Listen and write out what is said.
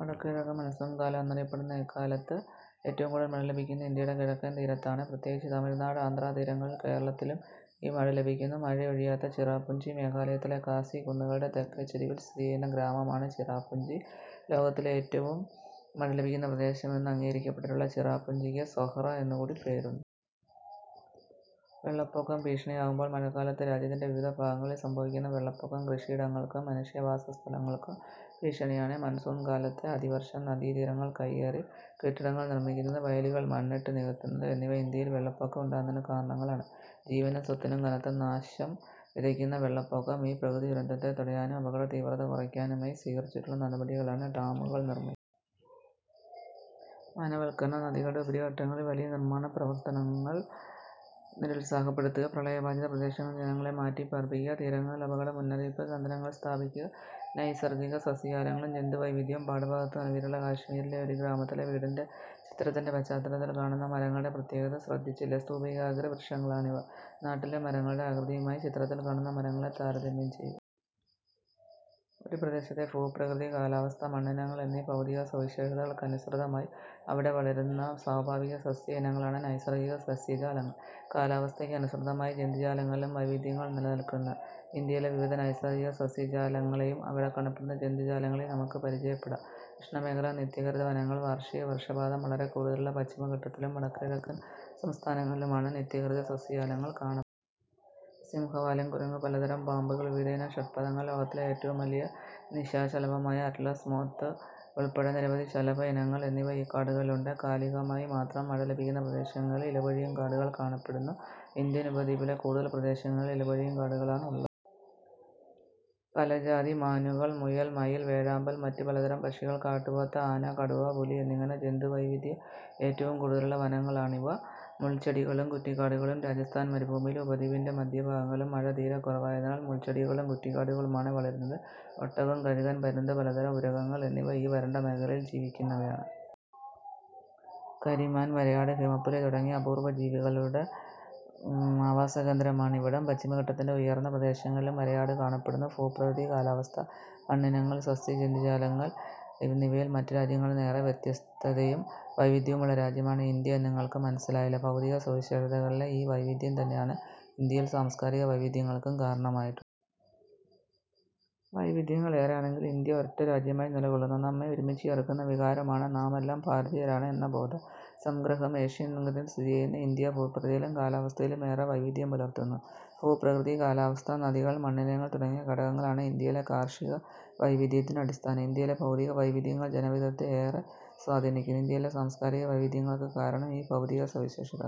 വടക്കുകിഴക്കൻ മൺസൂൺ കാലം എന്നറിയപ്പെടുന്ന ഇക്കാലത്ത് ഏറ്റവും കൂടുതൽ മഴ ലഭിക്കുന്നത് ഇന്ത്യയുടെ കിഴക്കൻ തീരത്താണ്, പ്രത്യേകിച്ച് തമിഴ്നാട്, ആന്ധ്രാതീരങ്ങളിൽ. കേരളത്തിലും ഈ മഴ ലഭിക്കുന്നു. മഴയൊഴിയാത്ത ചിറാപുഞ്ചി മേഘാലയത്തിലെ ഖാസി കുന്നുകളുടെ തെക്കേചരിവിൽ സ്ഥിതി ചെയ്യുന്ന ഗ്രാമമാണ് ചിറാപുഞ്ചി. ലോകത്തിലെ ഏറ്റവും മഴ ലഭിക്കുന്ന പ്രദേശം എന്ന് അംഗീകരിക്കപ്പെട്ടിട്ടുള്ള ചിറാപുഞ്ചിക്ക് സൊഹ്റ എന്നുകൂടി പേരുണ്ട്. വെള്ളപ്പൊക്കം ഭീഷണിയാകുമ്പോൾ... മഴക്കാലത്ത് രാജ്യത്തിന്റെ വിവിധഭാഗങ്ങളിൽ സംഭവിക്കുന്ന വെള്ളപ്പൊക്കം കൃഷിയിടങ്ങൾക്കും മനുഷ്യവാസസ്ഥലങ്ങൾക്കും ഭീഷണിയാണ്. മൺസൂൺ കാലത്തെ അതിവർഷം, നദീതീരങ്ങൾ കയ്യേറി കെട്ടിടങ്ങൾ നിർമിക്കുന്നത്, വയലുകൾ മണ്ണിട്ടു നികത്തുന്നത് എന്നിവ ഇന്ത്യയിൽ വെള്ളപ്പൊക്കം ഉണ്ടാകുന്നതിനു കാരണങ്ങളാണ്. ജീവനും സ്വത്തിനും കനത്ത നാശം വിതയ്ക്കുന്ന വെള്ളപ്പൊക്കം ഈ പ്രകൃതി ദുരന്തത്തെ തടയാനും അപകടതീവ്രത കുറയ്ക്കാനുമായി സ്വീകരിച്ചിട്ടുള്ള നടപടികളാണ്, ഡാമുകൾ നിർമ്മിക്കുക. വനവൽക്കരണം. നദികളുടെ ഉപരിഘട്ടങ്ങളിൽ വലിയ നിർമാണ പ്രവർത്തനങ്ങൾ നിരുത്സാഹപ്പെടുത്തുക. പ്രളയബാധിത പ്രദേശങ്ങളിൽനിന്നും ജനങ്ങളെ മാറ്റിപ്പാർപ്പിക്കുക. തീരങ്ങളിൽ അപകട മുന്നറിയിപ്പ് കേന്ദ്രങ്ങൾ സ്ഥാപിക്കുക. നൈസർഗിക സസ്യജാലങ്ങളും ജന്തുവൈവിധ്യവും പാഠഭാഗത്ത് നൽകിയിട്ടുള്ള കാശ്മീരിലെ ഒരു ഗ്രാമത്തിലെ വീടിന്റെ ചിത്രത്തിന്റെ പശ്ചാത്തലത്തിൽ കാണുന്ന മരങ്ങളുടെ പ്രത്യേകത ശ്രദ്ധിച്ചില്ലേ? സ്തൂപികാഗ്രവൃക്ഷങ്ങളാണിവ. നാട്ടിലെ മരങ്ങളുടെ ആകൃതിയുമായി ചിത്രത്തിൽ കാണുന്ന മരങ്ങളെ താരതമ്യം ചെയ്യൂ. ഒരു പ്രദേശത്തെ ഭൂപ്രകൃതി, കാലാവസ്ഥ, മണ്ണിനങ്ങൾ എന്നീ ഭൗതിക സവിശേഷതകൾക്കനുസൃതമായി അവിടെ വളരുന്ന സ്വാഭാവിക സസ്യഇനങ്ങളാണ് നൈസർഗിക സസ്യജാലങ്ങൾ. കാലാവസ്ഥയ്ക്ക് അനുസൃതമായി ജന്തുജാലങ്ങളിലും വൈവിധ്യങ്ങൾ നിലനിൽക്കുന്നു. ഇന്ത്യയിലെ വിവിധ നൈസർഗിക സസ്യജാലങ്ങളെയും അവിടെ കാണപ്പെടുന്ന ജന്തു ജാലങ്ങളെയും നമുക്ക് പരിചയപ്പെടാം. ഉഷ്ണമേഖലാ നിത്യഹരിതവനങ്ങൾ വാർഷിക വർഷപാതം വളരെ കൂടുതലുള്ള പശ്ചിമഘട്ടത്തിലും വടക്കുകിഴക്കൻ സംസ്ഥാനങ്ങളിലുമാണ് നിത്യഹരിതസസ്യജാലങ്ങൾ കാണ സിംഹവാലൻ കുരങ്ങ്, പലതരം പാമ്പുകൾ, വിവിധയിനം ഷഡ്പദങ്ങൾ, ലോകത്തിലെ ഏറ്റവും വലിയ നിശാശലഭമായ അറ്റ്ലസ് മോത്ത് ഉൾപ്പെടെ നിരവധി ശലഭ ഇനങ്ങൾ എന്നിവ ഈ കാടുകളിലുണ്ട്. കാലികമായി മാത്രം മഴ ലഭിക്കുന്ന പ്രദേശങ്ങളിൽ ഇല പൊഴിയും കാടുകൾ കാണപ്പെടുന്നു. ഇന്ത്യൻ ഉപദ്വീപിലെ കൂടുതൽ പ്രദേശങ്ങളിലും ഇലപൊഴിയും കാടുകളാണ് ഉള്ളത്. പല ജാതി മാനുകൾ, മുയൽ, മയിൽ, വേഴാമ്പൽ, മറ്റു പലതരം പക്ഷികൾ, കാട്ടുപോത്ത്, ആന, കടുവ, പുലി എന്നിങ്ങനെ ജന്തു വൈവിധ്യം ഏറ്റവും കൂടുതലുള്ള വനങ്ങളാണിവ. മുൾച്ചെടികളും കുറ്റിക്കാടുകളും രാജസ്ഥാൻ മരുഭൂമിയിലും ഉപദ്വീപിന്റെ മധ്യഭാഗങ്ങളിലും മഴ തീരെ കുറവായതിനാൽ മുൾച്ചെടികളും കുറ്റിക്കാടുകളുമാണ് വളരുന്നത്. ഒട്ടകം, കഴുകൻ, പരുന്ത്, പലതരം ഉരഗങ്ങൾ എന്നിവ ഈ വരണ്ട മേഖലയിൽ ജീവിക്കുന്നവയാണ്. കരിമാൻ, വരയാട്, ഹിമപ്പുലി തുടങ്ങിയ അപൂർവ ജീവികളുടെ ആവാസകേന്ദ്രമാണിവിടം പശ്ചിമഘട്ടത്തിന്റെ ഉയർന്ന പ്രദേശങ്ങളിലും വരയാട് കാണപ്പെടുന്നു. ഭൂപ്രകൃതി, കാലാവസ്ഥ, മണ്ണിനങ്ങൾ, സസ്യജന്തുജാലങ്ങൾ എന്നിവയിൽ മറ്റുരാജ്യങ്ങളിൽനിന്ന് ഏറെ വ്യത്യസ്തതയും വൈവിധ്യവുമുള്ള രാജ്യമാണ് ഇന്ത്യ എന്ന് നിങ്ങൾക്ക് മനസിലായല്ലോ. ഭൗതിക സവിശേഷതകളിലെ ഈ വൈവിധ്യം തന്നെയാണ് ഇന്ത്യയിൽ സാംസ്കാരിക വൈവിധ്യങ്ങൾക്കും കാരണമായിട്ടു. വൈവിധ്യങ്ങൾ ഏറെയാണങ്കിലും ഇന്ത്യ ഒരൊറ്റരാജ്യമായി നിലകൊള്ളുന്നു. നമ്മെ ഒരുമിച്ചുചേർക്കുന്ന വികാരമാണ് നാമെല്ലാം ഭാരതീയരാണ് എന്ന ബോധം. സംഗ്രഹം ഏഷ്യാവൻകരയിൽ സ്ഥിതിചെയ്യുന്ന ഇന്ത്യ ഭൂപ്രകൃതിയിലും കാലാവസ്ഥയിലും ഏറെ വൈവിധ്യം പുലർത്തുന്നു. ഭൂപ്രകൃതി, കാലാവസ്ഥ, നദികൾ, മണ്ണിനങ്ങൾ തുടങ്ങിയ ഘടകങ്ങളാണ് ഇന്ത്യയിലെ കാർഷിക വൈവിധ്യത്തിന് അടിസ്ഥാനം. ഇന്ത്യയിലെ ഭൗതിക വൈവിധ്യങ്ങൾ ജനജീവിതത്തെ ഏറെ സ്വാധീനിക്കുന്നു. ഇന്ത്യയിലെ സാംസ്കാരിക വൈവിധ്യങ്ങൾക്ക് കാരണം ഈ ഭൗതിക സവിശേഷതകളാണ്.